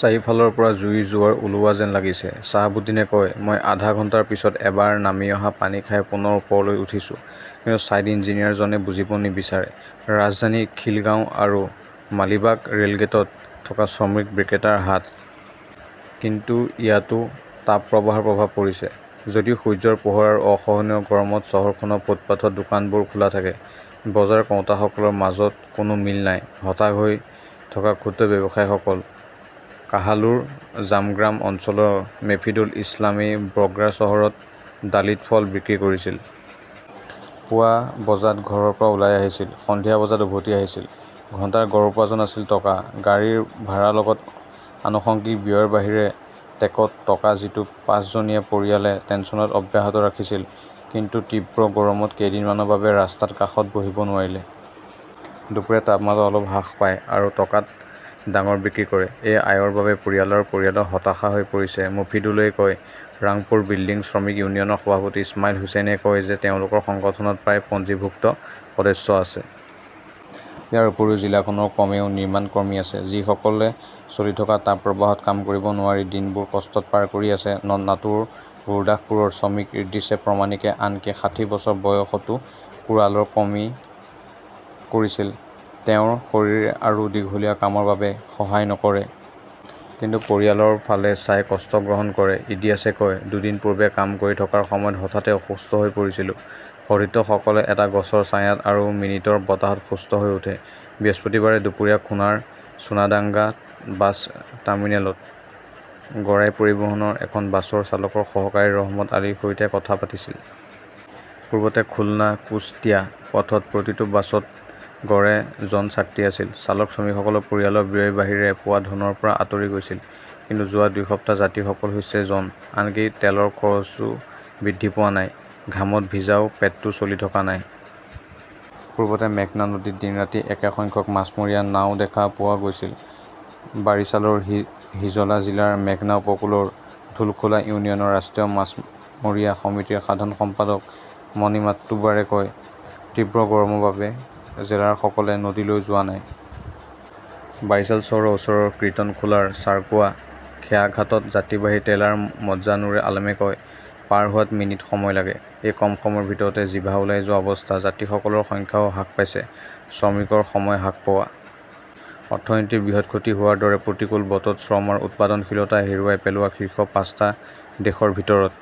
"চাৰিওফালৰ পৰা জুইৰ জোৱাৰ ওলোৱা যেন লাগিছে", চাহাবুদ্দিনে কয়। মই আধা ঘণ্টাৰ পিছত এবাৰ নামি আহি পানী খাই পুনৰ ওপৰলৈ উঠিছোঁ। কিন্তু ছাইট ইঞ্জিনিয়াৰজনে বুজিব নিবিচাৰে। "ৰাজধানীৰ খিলগাঁও আৰু মালিবাগ ৰেলগেটত থকা শ্ৰমিক বিক্ৰেতাৰ হাট। কিন্তু ইয়াতও তাপপ্ৰবাহৰ প্ৰভাৱ পৰিছে। যদিও সূৰ্যৰ পোহৰ আৰু অসহনীয় গৰমত চহৰখনৰ ফুটপাতত দোকানবোৰ খোলা থাকে, বজাৰ কৰোঁতাসকলৰ মাজত কোনো মিল নাই, হতাশ হৈ থকা ক্ষুদ্ৰ ব্যৱসায়ীসকল। কাহালুৰ জামগ্ৰাম অঞ্চলৰ মোফিদুল ইছলামই বগ্ৰা চহৰত ডালিত ফল বিক্ৰী কৰিছিল। পুৱা বজাত ঘৰৰ পৰা ওলাই আহিছিল; সন্ধিয়া বজাত উভতি আহিছিল। ঘণ্টাৰ গড় উপাৰ্জন আছিল টকা। গাড়ীৰ ভাড়াৰ লগতে আনুষংগিক ব্যয়ৰ বাহিৰে টেকত টকা, যিটো পাঁচজনীয়া পৰিয়ালে টেনটনত অব্যাহত ৰাখিছিল। কিন্তু তীব্ৰ গৰমত কেইদিনমানৰ বাবে ৰাস্তাৰ কাষত বহিব নোৱাৰিলে। দুপৰীয়া তাপমাত্ৰা অলপ হ্ৰাস পায় আৰু টকাত ডাঙৰ বিক্ৰী কৰে। এই আয়ৰ বাবে পৰিয়াল আৰু পৰিয়াল হতাশ হৈ পৰিছে, মোফিদুলই কয়। ৰাংপুৰ বিল্ডিং শ্ৰমিক ইউনিয়নৰ সভাপতি ইছমাইল হুচেইনে কয় যে তেওঁলোকৰ সংগঠনত প্ৰায় পঞ্জীয়নভুক্ত সদস্য আছে। ইয়াৰ উপৰিও, জিলাখনৰ কমেও নিৰ্মাণ কৰ্মী আছে, যিসকলে চলি থকা তাপপ্ৰবাহত কাম কৰিব নোৱাৰি দিনবোৰ কষ্টত পাৰ কৰি আছে। নটোৰৰ গুৰদাসপুৰৰ শ্ৰমিক ইদ্ৰিছ প্ৰমাণিকে আনকি ষাঠি বছৰ বয়সতো কোড়ালৰ কাম কৰিছিল। তেওঁৰ শৰীৰে আৰু দীঘলীয়া কামৰ বাবে সহায় নকৰে। কিন্তু পৰিয়ালৰ ফালে চাই কষ্ট গ্ৰহণ কৰে। ইদ্ৰিছে কয়, "দুদিন পূৰ্বে কাম কৰি থকাৰ সময়ত হঠাতে অসুস্থ হৈ পৰিছিলো। সতীৰ্থসকলে এটা গছৰ ছায়াত আৰু মিনিটৰ বতাহত সুস্থ হৈ উঠে। 'বৃহস্পতিবাৰে দুপৰীয়া খুনাৰ সোনাডাংগা বাছ টাৰ্মিনেলত গৰাই পৰিবহণৰ এখন বাছৰ চালকৰ সহকাৰী ৰহমত আলীৰ সৈতে কথা পাতিছিল। "পূৰ্বতে খুলনা-কুশটিয়া পথত প্ৰতিটো বাছত গড়ে জন যাত্ৰী আছিল। চালক-শ্ৰমিকসকলৰ পৰিয়াল ব্যয়ৰ বাহিৰে পোৱা ধনৰ পৰা আঁতৰি গৈছিল। কিন্তু যোৱা দুসপ্তাহৰ যাত্ৰীসকল হৈছে জন। আনকি তেলৰ খৰচও বৃদ্ধি হোৱা নাই। ঘামত ভিজাও পেটটো চলি থকা নাই। "পূৰ্বতে মেঘনা নদীত দিন-ৰাতি একে সংখ্যক মাছমৰীয়া নাও দেখা পোৱা গৈছিল", বাৰিছালৰ হিজলা জিলাৰ মেঘনা উপকূলৰ ধুলখোলা ইউনিয়নৰ ৰাষ্ট্ৰীয় মাছমৰীয়া সমিতিৰ সাধাৰণ সম্পাদক মনিৰ মাট্টুবাৰে কয়। তীব্ৰ গৰমৰ বাবে জেলেৰাসকলে নদীলৈ যোৱা নাই। "বাৰিছাল চহৰৰ ওচৰৰ কিৰ্তনখোলাৰ চাৰকাৱা খেয়াঘাটত যাত্ৰীবাহী ট্ৰলাৰৰ মজ্জা নুৰে আলমে কয়", পাৰ হোৱাত মিনিট সময় লাগে। এই কম সময়ৰ ভিতৰতে জিভা ওলাই যোৱাৰ অৱস্থা। যাত্ৰীসকলৰ সংখ্যাও হ্ৰাস পাইছে। 'শ্ৰমিকৰ সময় হ্ৰাস পোৱা, অৰ্থনীতিৰ বৃহৎ ক্ষতি হোৱাৰ দৰে প্ৰতিকূল বতৰত শ্ৰম আৰু উৎপাদনশীলতা হেৰুৱাই পেলোৱা শীৰ্ষ পাঁচটা দেশৰ ভিতৰত